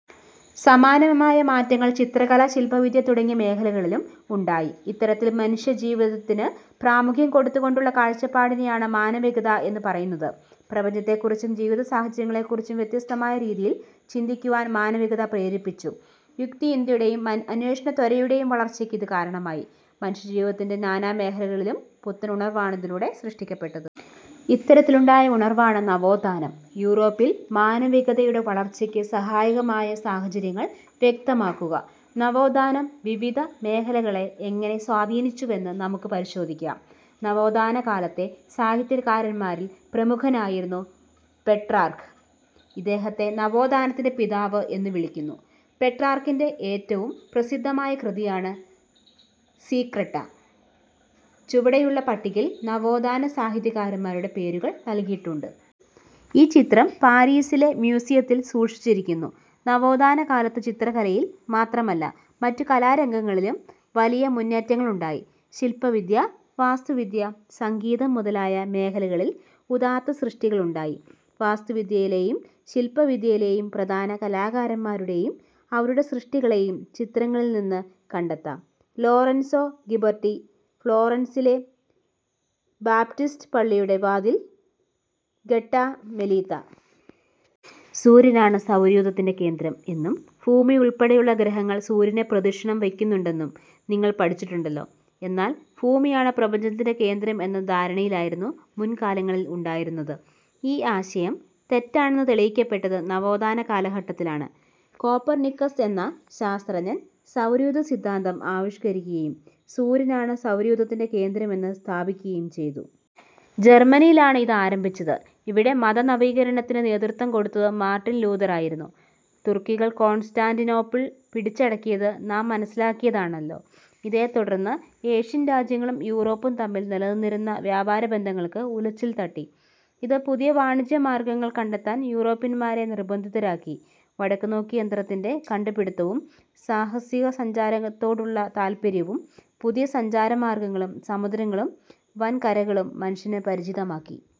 സമാനമായ മാറ്റങ്ങൾ ചിത്രകല, ശില്പവിദ്യ തുടങ്ങിയ മേഖലകളിലും ഉണ്ടായി. ഇത്തരത്തിൽ മനുഷ്യജീവിതത്തിന് പ്രാമുഖ്യം കൊടുത്തുകൊണ്ടുള്ള കാഴ്ചപ്പാടിനെയാണ് മാനവികത എന്ന് പറയുന്നത് പ്രപഞ്ചത്തെക്കുറിച്ചും ജീവിതസാഹചര്യങ്ങളെക്കുറിച്ചും വ്യത്യസ്തമായ രീതിയിൽ ചിന്തിക്കുവാൻ മാനവികത പ്രേരിപ്പിച്ചു. യുക്തിചിന്തയുടെയും അന്വേഷണത്വരയുടെയും വളർച്ചയ്ക്ക് ഇത് കാരണമായി. മനുഷ്യജീവിതത്തിന്റെ നാനാമേഖലകളിലും പുത്തൻ ഉണർവാണ് ഇതിലൂടെ സൃഷ്ടിക്കപ്പെട്ടത്. ഇത്തരത്തിലുണ്ടായ ഉണർവാണ് നവോത്ഥാനം. യൂറോപ്പിൽ മാനവികതയുടെ വളർച്ചയ്ക്ക് സഹായകമായ സാഹചര്യങ്ങൾ വ്യക്തമാക്കുക. നവോത്ഥാനം വിവിധ മേഖലകളെ എങ്ങനെ സ്വാധീനിച്ചുവെന്ന് നമുക്ക് പരിശോധിക്കാം. നവോത്ഥാനകാലത്തെ സാഹിത്യകാരന്മാരിൽ പ്രമുഖനായിരുന്നു പെട്രാർക്ക്. ഇദ്ദേഹത്തെ "നവോത്ഥാനത്തിന്റെ പിതാവ്' എന്ന് വിളിക്കുന്നു. പെട്രാർക്കിന്റെ ഏറ്റവും പ്രസിദ്ധമായ കൃതിയാണ് സീക്രട്ടം. ചുവടെയുള്ള പട്ടികയിൽ നവോത്ഥാന സാഹിത്യകാരന്മാരുടെ പേരുകൾ നൽകിയിട്ടുണ്ട്. ഈ ചിത്രം പാരീസിലെ മ്യൂസിയത്തിൽ സൂക്ഷിച്ചിരിക്കുന്നു. നവോഥാന കാലത്തു ചിത്രകലയിൽ മാത്രമല്ല, മറ്റു കലാരംഗങ്ങളിലും വലിയ മുന്നേറ്റങ്ങളുണ്ടായി. ശില്പവിദ്യ, വാസ്തുവിദ്യ, സംഗീതം മുതലായ മേഖലകളിൽ ഉദാത്ത സൃഷ്ടികളുണ്ടായി. വാസ്തുവിദ്യയിലെയും ശില്പവിദ്യയിലെയും പ്രധാന കലാകാരന്മാരെയും അവരുടെ സൃഷ്ടികളെയും ചിത്രങ്ങളിൽനിന്ന് കണ്ടെത്താം. ലോറൻസൊ ഗിബർട്ടി, ഫ്ളോറൻസിലെ ബാപ്റ്റിസ്റ്റ് പള്ളിയുടെ വാതിൽ, ഗട്ടാമെലീത്ത. സൂര്യനാണ് സൗരയൂഥത്തിന്റെ കേന്ദ്രം എന്നും ഭൂമിയുൾപ്പെടെയുള്ള ഗ്രഹങ്ങൾ സൂര്യനെ പ്രദക്ഷിണം വയ്ക്കുന്നുണ്ടെന്നും നിങ്ങൾ പഠിച്ചിട്ടുണ്ടല്ലോ. എന്നാൽ ഭൂമിയാണ് പ്രപഞ്ചത്തിന്റെ കേന്ദ്രം എന്ന ധാരണയായിരുന്നു മുൻകാലങ്ങളിൽ ഉണ്ടായിരുന്നത്. ഈ ആശയം തെറ്റാണെന്ന് തെളിയിക്കപ്പെട്ടത് നവോത്ഥാന കാലഘട്ടത്തിലാണ്. കോപ്പർനിക്കസ് എന്ന ശാസ്ത്രജ്ഞൻ സൗരയൂഥസിദ്ധാന്തം ആവിഷ്കരിക്കുകയും സൂര്യനാണ് സൗരയൂഥത്തിന്റെ കേന്ദ്രം എന്ന് സ്ഥാപിക്കുകയും ചെയ്തു. ജർമ്മനിയിലാണ് ഇത് ആരംഭിച്ചത്. ഇവിടെ മതനവീകരണത്തിന് നേതൃത്വം കൊടുത്തത് മാർട്ടിൻ ലൂഥറായിരുന്നു. തുർക്കികൾ കോൺസ്റ്റാന്റിനോപ്പിൾ പിടിച്ചടക്കിയത് നാം മനസ്സിലാക്കിയതാണല്ലോ. ഇതേത്തുടർന്ന് ഏഷ്യൻ രാജ്യങ്ങളും യൂറോപ്പും തമ്മിൽ നിലനിന്നിരുന്ന വ്യാപാരബന്ധങ്ങൾക്ക് ഉലച്ചിൽ തട്ടി. ഇത് പുതിയ വാണിജ്യ മാർഗ്ഗങ്ങൾ കണ്ടെത്താൻ യൂറോപ്യൻമാരെ നിർബന്ധിതരാക്കി. വടക്കുനോക്കിയന്ത്രത്തിന്റെ കണ്ടുപിടിത്തവും സാഹസികസഞ്ചാരത്തോടുള്ള താൽപ്പര്യവും പുതിയ സഞ്ചാരമാർഗ്ഗങ്ങളും സമുദ്രങ്ങളും വൻകരകളും മനുഷ്യന് പരിചിതമാക്കി.